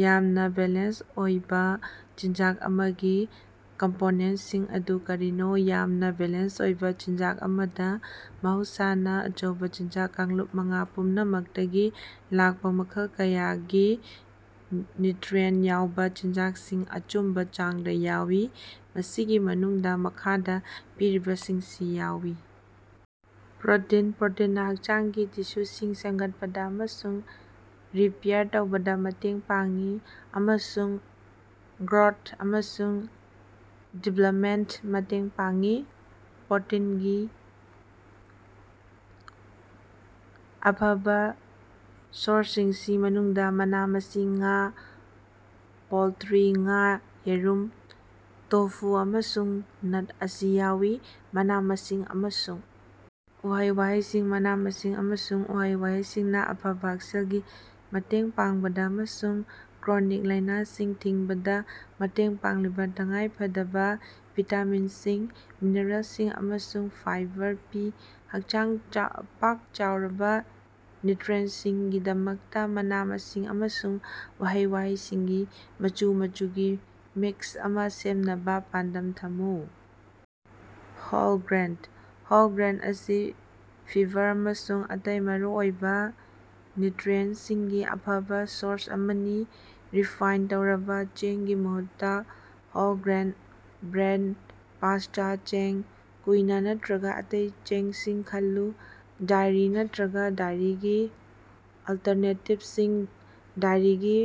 ꯌꯥꯝꯅ ꯕꯦꯂꯦꯟꯁ ꯑꯣꯏꯕ ꯆꯤꯟꯖꯥꯛ ꯑꯃꯒꯤ ꯀꯝꯄꯣꯅꯦꯟꯠꯁꯤꯡ ꯑꯗꯨ ꯀꯔꯤꯅꯣ? ꯌꯥꯝꯅ ꯕꯦꯂꯦꯟꯁ ꯑꯣꯏꯕ ꯆꯤꯟꯖꯥꯛ ꯑꯃꯗ ꯃꯍꯧꯁꯥꯅ ꯑꯆꯧꯕꯥ ꯆꯤꯟꯖꯥꯛ ꯀꯥꯡꯂꯨꯞ ꯃꯉꯥ ꯄꯨꯝꯅꯃꯛꯇꯒꯤ ꯂꯥꯛꯄꯥ ꯃꯈꯜ ꯀꯌꯥꯒꯤ ꯅ꯭ꯌꯨꯇꯔꯤꯑꯦꯟꯠ ꯌꯥꯎꯕ ꯆꯤꯟꯖꯥꯛꯁꯤꯡ, ꯑꯆꯨꯝꯕ ꯆꯥꯡꯗ ꯌꯥꯎꯏ꯫ ꯃꯁꯤꯒꯤ ꯃꯅꯨꯡꯗꯥ ꯃꯈꯥꯗ ꯄꯤꯔꯤꯕꯁꯤꯡꯁꯤ ꯌꯥꯎꯏ: ꯄ꯭ꯔꯣꯇꯤꯟ: ꯄ꯭ꯔꯣꯇꯤꯟꯅꯥ ꯍꯛꯆꯥꯡꯒꯤ ꯇꯤꯁꯨꯁꯤꯡ ꯁꯦꯝꯒꯠꯄꯗꯥ ꯑꯃꯁꯨꯡ ꯔꯤꯄꯦꯌꯥꯔ ꯇꯧꯕꯗ ꯃꯇꯦꯡ ꯄꯥꯡꯏ ꯑꯃꯁꯨꯡ ꯒ꯭ꯔꯣꯊ ꯑꯃꯁꯨꯡ ꯗꯤꯚꯦꯂꯞꯃꯦꯟꯠꯗꯥ ꯃꯇꯦꯡ ꯄꯥꯡꯏ꯫ ꯄ꯭ꯔꯣꯇꯤꯟꯒꯤ ꯑꯐꯕꯥ ꯁꯣꯔꯁꯁꯤꯡꯒꯤ ꯃꯅꯨꯡꯗ ꯃꯅꯥ ꯃꯁꯤꯡ, ꯉꯥ, ꯄꯣꯜꯇꯔꯤ, ꯉꯥ, ꯌꯦꯔꯨꯝ, ꯇꯣꯐꯨ, ꯑꯃꯁꯨꯡ ꯅꯠ ꯑꯁꯤ ꯌꯥꯎꯏ꯫ ꯃꯅꯥ-ꯃꯁꯤꯡ ꯑꯃꯁꯨꯡ ꯎꯍꯩ-ꯋꯥꯍꯩꯁꯤꯡ: ꯃꯅꯥ-ꯃꯁꯤꯡ ꯑꯃꯁꯨꯡ ꯎꯍꯩ-ꯋꯥꯍꯩꯁꯤꯡꯅ ꯑꯐꯕ ꯍꯛꯁꯦꯜꯒꯤ ꯃꯇꯦꯡ ꯄꯥꯡꯕꯗ ꯑꯃꯁꯨꯡ ꯀ꯭ꯔꯣꯅꯤꯛ ꯂꯥꯏꯅꯥꯁꯤꯡ ꯊꯤꯡꯕꯗ ꯃꯇꯦꯡ ꯄꯥꯡꯂꯤꯕ ꯇꯉꯥꯏꯐꯗꯕ ꯚꯤꯇꯥꯃꯤꯟꯁꯤꯡ, ꯃꯤꯅꯔꯦꯜꯁꯤꯡ ꯑꯃꯁꯨꯡ ꯐꯥꯏꯕꯔ ꯄꯤ꯫ ꯄꯥꯛ-ꯆꯥꯎꯔꯕ ꯅ꯭ꯌꯨꯇꯔꯤꯑꯦꯟꯠꯁꯤꯡꯒꯤꯗꯃꯛꯇ ꯃꯅꯥ ꯃꯁꯤꯡ ꯑꯃꯁꯨꯡ ꯎꯍꯩ-ꯋꯥꯍꯩꯁꯤꯡꯒꯤ ꯃꯆꯨ ꯃꯆꯨꯒꯤ ꯃꯤꯛꯁ ꯑꯃꯥ ꯁꯦꯝꯅꯕꯥ ꯄꯥꯟꯗꯝ ꯊꯝꯃꯨ꯫ ꯍꯣꯜ ꯒ꯭ꯔꯦꯟ: ꯍꯣꯜ ꯒ꯭ꯔꯦꯟ ꯑꯁꯤ ꯐꯤꯕꯔ ꯑꯃꯁꯨꯡ ꯑꯇꯩ ꯃꯔꯨꯑꯣꯏꯕꯥ ꯅ꯭ꯌꯨꯇꯔꯤꯑꯦꯟꯠꯁꯤꯡꯒꯤ ꯑꯐꯕꯥ ꯁꯣꯔꯁ ꯑꯃꯅꯤ꯫ ꯔꯤꯐꯥꯏꯟ ꯇꯧꯔꯕ ꯆꯦꯡꯒꯤ ꯃꯍꯨꯠꯇ ꯍꯣꯜ-ꯒ꯭ꯔꯦꯟ ꯕ꯭ꯔꯦꯗ, ꯄꯥꯁꯇꯥ, ꯆ‌ꯦꯡ, ꯀꯨꯏꯅꯥ ꯅꯠꯇꯔꯒ ꯑꯇꯩ ꯆꯦꯡꯁꯤꯡ ꯈꯜꯂꯨ꯫ ꯗꯥꯏꯔꯤ ꯅꯠꯇꯔꯒ ꯗꯥꯏꯔꯤꯒꯤ ꯑꯜꯇꯔꯅꯦꯇꯤꯚꯁꯤꯡ: ꯗꯥꯏꯔꯤꯒꯤ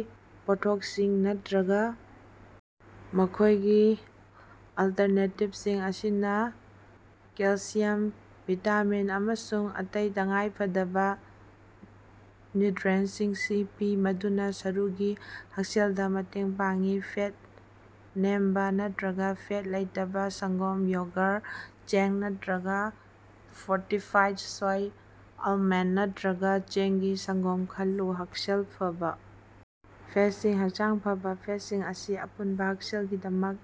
ꯄꯣꯠꯊꯣꯛꯁꯤꯡ ꯅꯠꯇꯔꯒꯥ ꯃꯈ‌ꯣꯏꯒꯤ ꯑꯜꯇꯔꯅꯦꯇꯤꯚꯁꯤꯡ ꯑꯁꯤꯅ ꯀꯦꯜꯁꯤꯌꯝ, ꯚꯤꯇꯥꯃꯤꯟ, ꯑꯃꯁꯨꯡ ꯑꯇꯩ ꯇꯉꯥꯏꯐꯗꯕꯥ ꯅ꯭ꯌꯨꯇꯔꯤꯑꯦꯟꯠꯁꯤꯡ ꯄꯤ, ꯃꯗꯨꯅ ꯁꯔꯨꯒꯤ ꯍꯛꯁꯦꯜꯗꯥ ꯃꯇꯦꯡ ꯄꯥꯡꯏ꯫ ꯐꯦꯠ ꯅꯦꯝꯕꯥ ꯅꯠꯇꯔꯒ ꯐꯦꯠ ꯂꯩꯇꯕ ꯁꯪꯒꯣꯝ, ꯌꯣꯒꯔ, ꯆꯦꯡ ꯅꯠꯇꯔꯒ ꯐꯣꯔꯇꯤꯐꯥꯏꯗ ꯁꯣꯏ, ꯑꯦꯜꯃꯟꯗ ꯅꯠꯇꯔꯒ ꯆꯦꯡꯒꯤ ꯁꯪꯒꯣꯝ ꯈꯜꯂꯨ꯫ ꯍꯛꯁꯦꯜ ꯐꯕꯥ ꯐꯦꯠꯁꯤꯡ: ꯍꯛꯆꯥꯡ ꯐꯕꯥ ꯐꯦꯠꯁꯤꯡ ꯑꯁꯤ ꯑꯄꯨꯟꯕꯥ ꯍꯛꯁꯦꯜꯒꯤꯗꯃꯛ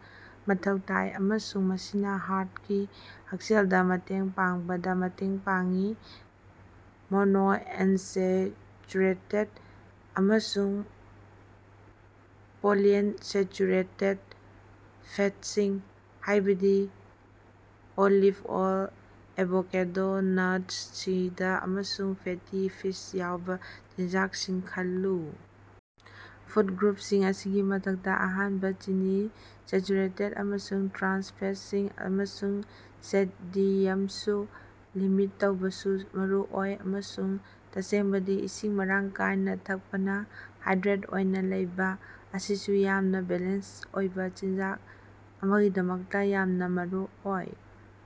ꯃꯊꯧ ꯇꯥꯏ ꯑꯃꯁꯨꯡ ꯃꯁꯤꯅꯥ ꯍꯥꯔꯠꯀꯤ ꯍꯛꯁꯦꯜꯗ ꯃꯇꯦꯡ ꯄꯥꯡꯕꯗ ꯃꯇꯦꯡ ꯄꯥꯡꯏ꯫ ꯃꯣꯅꯣꯑꯟꯁꯦꯆꯨꯔꯦꯇꯦꯗ ꯑꯃꯁꯨꯡ ꯄꯣꯂꯤꯑꯟꯁꯦꯆꯨꯔꯦꯇꯦꯗ ꯐꯦꯇꯁꯤꯡ ꯍꯥꯏꯕꯗꯤ ꯑꯣꯂꯤꯚ ꯑꯣꯜ, ꯑꯦꯚꯣꯀꯦꯗꯣ, ꯅꯠꯁ, ꯁꯤꯗ, ꯑꯃꯁꯨꯡ ꯐꯦꯇꯤ ꯐꯤꯁ ꯌꯥꯎꯕ ꯆꯤꯟꯖꯥꯛꯁꯤꯡ ꯈꯜꯂꯨ꯫ ꯐꯨꯗ ꯒ꯭ꯔꯨꯞꯁꯤꯡ ꯑꯁꯤꯒꯤ ꯃꯊꯛꯇ, ꯑꯍꯦꯟꯕꯥ ꯆꯤꯅꯤ, ꯁꯦꯆꯨꯔꯦꯇꯦꯗ ꯑꯃꯁꯨꯡ ꯇ꯭ꯔꯥꯟꯁ ꯐꯦꯠꯁꯤꯡ, ꯑꯃꯁꯨꯡ ꯁꯣꯗꯤꯌꯝꯁꯨ ꯂꯤꯃꯤꯠ ꯇꯧꯕꯁꯨ ꯃꯔꯨꯑꯣꯏ꯫ ꯑꯃꯁꯨꯡ, ꯇꯁꯦꯡꯕꯗꯤ, ꯏꯁꯤꯡ ꯃꯔꯥꯡ ꯀꯥꯏꯅ ꯊꯛꯄꯅ ꯍꯥꯏꯗ꯭ꯔꯦꯠ ꯑꯣꯏꯅꯥ ꯂꯩꯕꯥ ꯑꯁꯤꯁꯨ ꯌꯥꯝꯅ ꯕꯦꯂꯦꯟꯁ ꯑꯣꯏꯕ ꯆꯤꯟꯖꯥꯛ ꯑꯃꯒꯤꯗꯃꯛ ꯌꯥꯝꯅ ꯃꯔꯨꯑꯣꯏ꯫